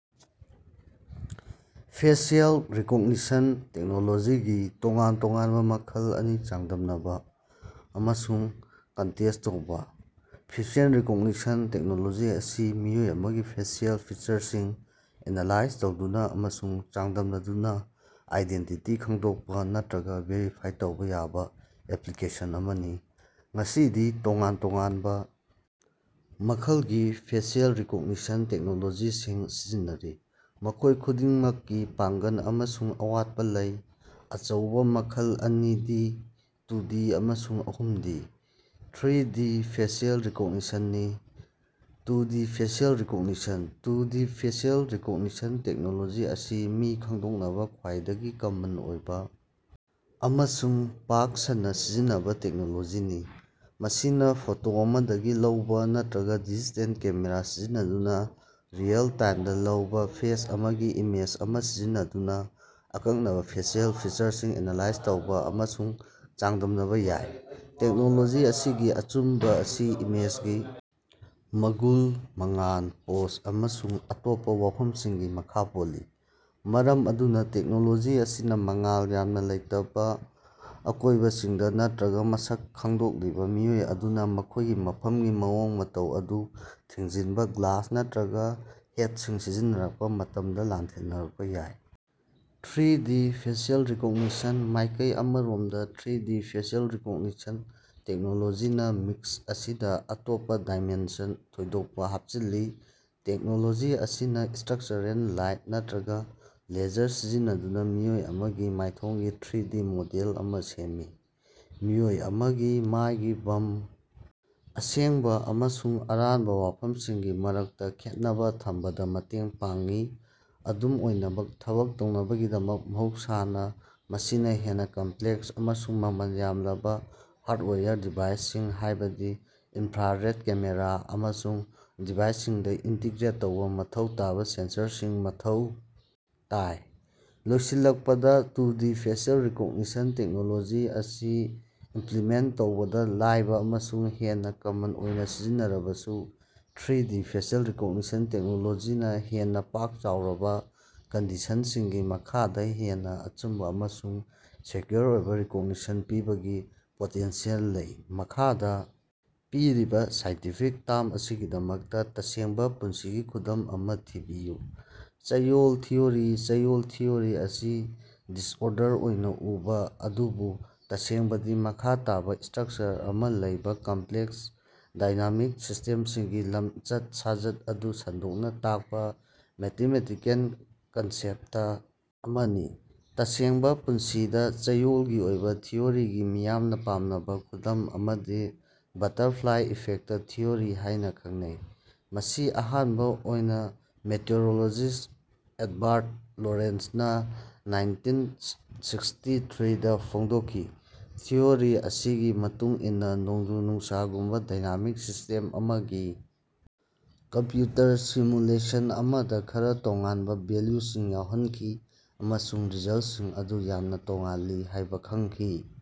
Facial recognition ꯇꯦꯛꯅꯣꯂꯣꯖꯤꯒꯤ ꯇꯣꯉꯥꯟ-ꯇꯣꯉꯥꯟꯕ ꯃꯈꯜ ꯑꯅꯤ ꯆꯥꯡꯗꯝꯅꯕ ꯑꯃꯁꯨꯡ ꯀꯟꯇ꯭ꯔꯦꯁ ꯇꯧꯕ꯫ ꯐꯦꯁꯤꯑꯦꯜ ꯔꯤꯀꯣꯒꯅꯤꯁꯟ ꯇꯦꯛꯅꯣꯂꯣꯖꯤ ꯑꯁꯤ ꯃꯤꯑꯣꯏ ꯑꯃꯒꯤ ꯐꯦꯁꯤꯑꯦꯜ ꯐꯤꯆꯔꯁꯤꯡ ꯑꯦꯅꯥꯂꯥꯏꯖ ꯇꯧꯗꯨꯅ ꯑꯃꯁꯨꯡ ꯆꯥꯡꯗꯝꯅꯗꯨꯅ ꯑꯥꯏꯗꯦꯟꯇꯤꯇꯤ ꯈꯪꯗꯣꯛꯄ ꯅꯠꯇ꯭ꯔꯒ ꯚꯦꯔꯤꯐꯥꯏ ꯇꯧꯕ ꯌꯥꯕ ꯑꯦꯄ꯭ꯂꯤꯀꯦꯁꯟ ꯑꯃꯅꯤ꯫ ꯉꯁꯤꯗꯤ ꯇꯣꯉꯥꯟ ꯇꯣꯉꯥꯟꯕ ꯃꯈꯜꯒꯤ ꯐꯦꯁꯤꯑꯦꯜ ꯔꯤꯀꯣꯒꯅꯤꯁꯟ ꯇꯦꯛꯅꯣꯂꯣꯖꯤꯁꯤꯡ ꯁꯤꯖꯤꯟꯅꯔꯤ, ꯃꯈꯣꯏ ꯈꯨꯗꯤꯡꯃꯛꯀꯤ ꯄꯥꯡꯒꯜ ꯑꯃꯁꯨꯡ ꯑꯋꯥꯠꯄ ꯂꯩ꯫ ꯑꯆꯧꯕ ꯃꯈꯜ ꯑꯅꯤꯗꯤ ꯇꯨꯗꯤ ꯑꯃꯁꯨꯡ ꯑꯍꯨꯝꯗꯤ ꯊ꯭ꯔꯤꯗꯤ ꯐꯦꯁꯤꯑꯦꯜ ꯔꯤꯀꯣꯒꯅꯤꯁꯟꯅꯤ꯫ Two D facial recognition: two D facial recognition technology ꯑꯁꯤ ꯃꯤ ꯈꯪꯗꯣꯛꯅꯕ ꯈ꯭ꯋꯥꯏꯗꯒꯤ ꯀꯃꯟ ꯑꯣꯏꯕ ꯑꯃꯁꯨꯡ ꯄꯥꯛ ꯁꯟꯅ ꯁꯤꯖꯤꯟꯅꯕ ꯇꯦꯛꯅꯣꯂꯣꯖꯤꯅꯤ꯫ ꯃꯁꯤꯅ ꯐꯣꯇꯣ ꯑꯃꯗꯒꯤ ꯂꯧꯕ ꯅꯠꯇ꯭ꯔꯒ ꯗꯤꯖꯤꯇꯦꯜ ꯀꯦꯃꯦꯔꯥ ꯁꯤꯖꯤꯟꯅꯗꯨꯅ ꯔꯤꯑꯦꯜ-ꯇꯥꯏꯝꯗ ꯂꯧꯕ ꯐꯦꯁ ꯑꯃꯒꯤ ꯏꯃꯦꯖ ꯑꯃ ꯁꯤꯖꯤꯟꯅꯗꯨꯅ ꯑꯀꯛꯅꯕ ꯐꯦꯁꯤꯑꯦꯜ ꯐꯤꯆꯔꯁꯤꯡ ꯑꯦꯅꯥꯂꯥꯏꯖ ꯇꯧꯕ ꯑꯃꯁꯨꯡ ꯆꯥꯡꯗꯝꯅꯕ ꯌꯥꯏ꯫ ꯇꯦꯛꯅꯣꯂꯣꯖꯤ ꯑꯁꯤꯒꯤ ꯑꯆꯨꯝꯕ ꯑꯁꯤ ꯏꯃꯦꯖꯒꯤ ꯃꯒꯨꯟ, ꯃꯉꯥꯜ, ꯄꯣꯖ ꯑꯃꯁꯨꯡ ꯑꯇꯣꯞꯄꯥ ꯋꯥꯐꯝꯁꯤꯡꯒꯤ ꯃꯈ ꯄꯣꯜꯂꯤ꯫ ꯃꯔꯝ ꯑꯗꯨꯅ ꯇꯦꯛꯅꯣꯂꯣꯖꯤ ꯑꯁꯤꯅ ꯃꯉꯥꯜ ꯌꯥꯝꯅ ꯂꯩꯇꯕ ꯑꯀꯣꯏꯕꯁꯤꯡꯗ, ꯅꯠꯇ꯭ꯔꯒ ꯃꯁꯛ ꯈꯪꯗꯣꯛꯂꯤꯕ ꯃꯤꯑꯣꯏ ꯑꯗꯨꯅꯥ ꯃꯈꯣꯏꯒꯤ ꯃꯐꯝꯒꯤ ꯃꯑꯣꯡ-ꯃꯇꯧ ꯑꯗꯨ ꯊꯤꯡꯖꯤꯟꯕ ꯒ꯭ꯂꯥꯁ ꯅꯠꯇ꯭ꯔꯒ ꯍꯦꯠꯁꯤꯡ ꯁꯤꯖꯤꯟꯅꯔꯛꯄ ꯃꯇꯝꯗ ꯂꯥꯟꯊꯦꯡꯅꯔꯛꯄ ꯌꯥꯏ꯫ ꯊ꯭ꯔꯤꯗꯤ ꯐꯦꯁꯤꯑꯦꯜ ꯔꯤꯀꯣꯒꯅꯤꯁꯟ: ꯃꯥꯏꯀꯩ ꯑꯃꯔꯣꯝꯗ ꯊ꯭ꯔꯤꯗꯤ ꯐꯦꯁꯤꯑꯦꯜ ꯔꯤꯀꯣꯒꯅꯤꯁꯟ ꯇꯦꯛꯅꯣꯂꯣꯖꯤꯅ ꯃꯤꯛꯁ ꯑꯁꯤꯗ ꯑꯇꯣꯞꯄ ꯗꯥꯏꯃꯦꯟꯁꯟ ꯊꯣꯏꯗꯣꯛꯄ ꯍꯥꯞꯆꯤꯜꯂꯤ꯫ ꯇꯦꯛꯅꯣꯂꯣꯖꯤ ꯑꯁꯤꯅ ꯁ꯭ꯇꯔꯛꯆꯔꯦꯜ ꯂꯥꯏꯠ ꯅꯠꯇ꯭ꯔꯒ ꯂꯦꯖꯔ ꯁꯤꯖꯤꯟꯅꯗꯨꯅ ꯃꯤꯑꯣꯏ ꯑꯃꯒꯤ ꯃꯥꯏꯊꯣꯡꯒꯤ ꯊ꯭ꯔꯤꯗꯤ ꯃꯣꯗꯦꯜ ꯑꯃ ꯁꯦꯝꯃꯤ꯫ ꯃꯤꯑꯣꯏ ꯑꯃꯒꯤ ꯃꯥꯏꯒꯤ ꯕꯝ ꯑꯁꯦꯡꯕ ꯑꯃꯁꯨꯡ ꯑꯔꯥꯟꯕ ꯋꯥꯐꯝꯁꯤꯡꯒꯤ ꯃꯔꯛꯇ ꯈꯦꯠꯅꯕ ꯊꯝꯕꯗ ꯃꯇꯦꯡ ꯄꯥꯡꯏ꯫ ꯑꯗꯨꯝ ꯑꯣꯏꯅꯃꯛ, ꯊꯕꯛ ꯇꯧꯅꯕꯒꯤꯗꯃꯛ, ꯃꯍꯧꯁꯥꯅ ꯃꯁꯤꯅ ꯍꯦꯟꯅ ꯀꯝꯄ꯭ꯂꯦꯛꯁ ꯑꯃꯁꯨꯡ ꯃꯃꯜ ꯌꯥꯝꯂꯕ ꯍꯥꯔꯗꯋꯥꯌꯔ ꯗꯤꯚꯥꯏꯁꯁꯤꯡ ꯍꯥꯏꯕꯗꯤ ꯏꯟꯐ꯭ꯔꯥꯔꯦꯗ ꯀꯦꯃꯦꯔꯥ ꯑꯃꯁꯨꯡ ꯗꯤꯚꯥꯏꯁꯁꯤꯡꯗ ꯏꯟꯇꯤꯒ꯭ꯔꯦꯠ ꯇꯧꯕ ꯃꯊꯧ ꯇꯥꯕ ꯁꯦꯟꯁꯔꯁꯤꯡ ꯃꯊꯧ ꯇꯥꯏ꯫ ꯂꯣꯏꯁꯤꯜꯂꯛꯄꯗ ꯇꯨꯗꯤ ꯐꯦꯁꯤꯑꯦꯜ ꯔꯤꯀꯣꯒꯅꯤꯁꯟ ꯇꯦꯛꯅꯣꯂꯣꯖꯤ ꯑꯁꯤ ꯏ, ꯝꯄ꯭ꯂꯤꯃꯦꯟꯇ ꯇꯧꯕꯗ ꯂꯥꯏꯕ ꯑꯃꯁꯨꯡ ꯍꯦꯟꯅ ꯀꯃꯟ ꯑꯣꯏꯅ ꯁꯤꯖꯤꯟꯅꯔꯕꯁꯨ, ꯊ꯭ꯔꯤꯗꯤ ꯐꯦꯁꯤꯑꯦꯜ ꯔꯤꯀꯣꯒꯅꯤꯁꯟ ꯇꯦꯛꯅꯣꯂꯣꯖꯤꯅ ꯍꯦꯟꯅ ꯄꯥꯛ-ꯆꯥꯎꯔꯕ ꯀꯟꯗꯤꯁꯟꯁꯤꯡꯒꯤ ꯃꯈꯥꯗ ꯍꯦꯟꯅ ꯑꯆꯨꯝꯕ ꯑꯃꯁꯨꯡ ꯁꯦꯀ꯭ꯌꯨꯔ ꯑꯣꯏꯕ ꯔꯤꯀꯣꯒꯅꯤꯁꯟ ꯄꯤꯕꯒꯤ ꯄꯣꯇꯦꯟꯁꯤꯌꯦꯜ ꯂꯩ꯫ ꯃꯈꯥꯗ ꯄꯤꯔꯤꯕ ꯁꯥꯏꯟꯇꯤꯐꯤꯛ ꯇꯔꯝ ꯑꯁꯤꯒꯤꯗꯃꯛꯇ ꯇꯁꯦꯡꯕ ꯄꯨꯟꯁꯤꯒꯤ ꯈꯨꯗꯝ ꯑꯃ ꯊꯤꯕꯤꯌꯨ꯫ ꯆꯌꯣꯜ ꯊꯤꯑꯣꯔꯤ꯫ ꯆꯌꯣꯜ ꯊꯤꯑꯣꯔꯤ ꯑꯁꯤ ꯗꯤꯁꯑꯣꯔꯗꯔ ꯑꯣꯏꯅ ꯎꯕ, ꯑꯗꯨꯕꯨ ꯇꯁꯦꯡꯕꯗꯤ ꯃꯈꯥ ꯇꯥꯕ ꯁ꯭ꯇꯔꯛꯆꯔ ꯑꯃ ꯂꯩꯕ ꯀꯝꯄ꯭ꯂꯦꯛꯁ, ꯗꯥꯏꯅꯥꯃꯤꯛ ꯁꯤꯁꯇꯦꯝꯁꯤꯡꯒꯤ ꯂꯝꯆꯠ-ꯁꯥꯖꯠ ꯑꯗꯨ ꯁꯟꯗꯣꯛꯅ ꯇꯥꯛꯄ ꯃꯦꯊꯃꯦꯇꯤꯀꯦꯜ ꯀꯟꯁꯦꯞꯇ ꯑꯃꯅꯤ꯫ ꯇꯁꯦꯡꯕ ꯄꯨꯟꯁꯤꯗ ꯆꯌꯣꯜꯒꯤ ꯑꯣꯏꯕ ꯊꯤꯑꯣꯔꯤꯒꯤ ꯃꯤꯌꯥꯝꯅ ꯄꯥꯝꯅꯕ ꯈꯨꯗꯝ ꯑꯃꯗꯤ "ꯕꯇꯔꯐ꯭ꯂꯥꯏ ꯏꯐꯦꯛꯇ" ꯊꯤꯑꯣꯔꯤ ꯍꯥꯏꯅ ꯈꯪꯅꯩ, ꯃꯁꯤ ꯑꯍꯥꯟꯕ ꯑꯣꯏꯅ ꯃꯦꯇꯤꯑꯣꯔꯣꯂꯣꯖꯤꯁ꯭ꯠ ꯑꯦꯗꯕꯥꯔꯗ ꯂꯣꯔꯦꯟꯖꯅ ꯅꯥꯏꯟꯇꯤꯟ ꯁꯥꯛꯁꯇꯤ ꯊ꯭ꯔꯤꯗ ꯐꯣꯡꯗꯣꯛꯈꯤ, ꯊꯤꯑꯣꯔꯤ ꯑꯁꯤꯒꯤ ꯃꯇꯨꯡ ꯏꯟꯅ, ꯅꯣꯡꯖꯨ-ꯅꯨꯡꯁꯥꯒꯨꯝꯕ ꯗꯥꯏꯅꯥꯃꯤꯛ ꯁꯤꯁ꯭ꯇꯦꯝ ꯑꯃꯒꯤ ꯀꯝꯄ꯭ꯌꯨꯇꯔ ꯁꯤꯃꯨꯂꯦꯁꯟ ꯑꯃꯗ ꯈꯔ ꯇꯣꯉꯥꯟꯕ ꯚꯦꯂ꯭ꯌꯨꯁꯤꯡ ꯌꯥꯎꯍꯟꯈꯤ ꯑꯃꯁꯨꯡ ꯔꯤꯖꯜꯇꯁꯤꯡ ꯑꯗꯨ ꯌꯥꯝꯅ ꯇꯣꯉꯥꯜꯂꯤ ꯍꯥꯏꯕ ꯈꯪꯈꯤ꯫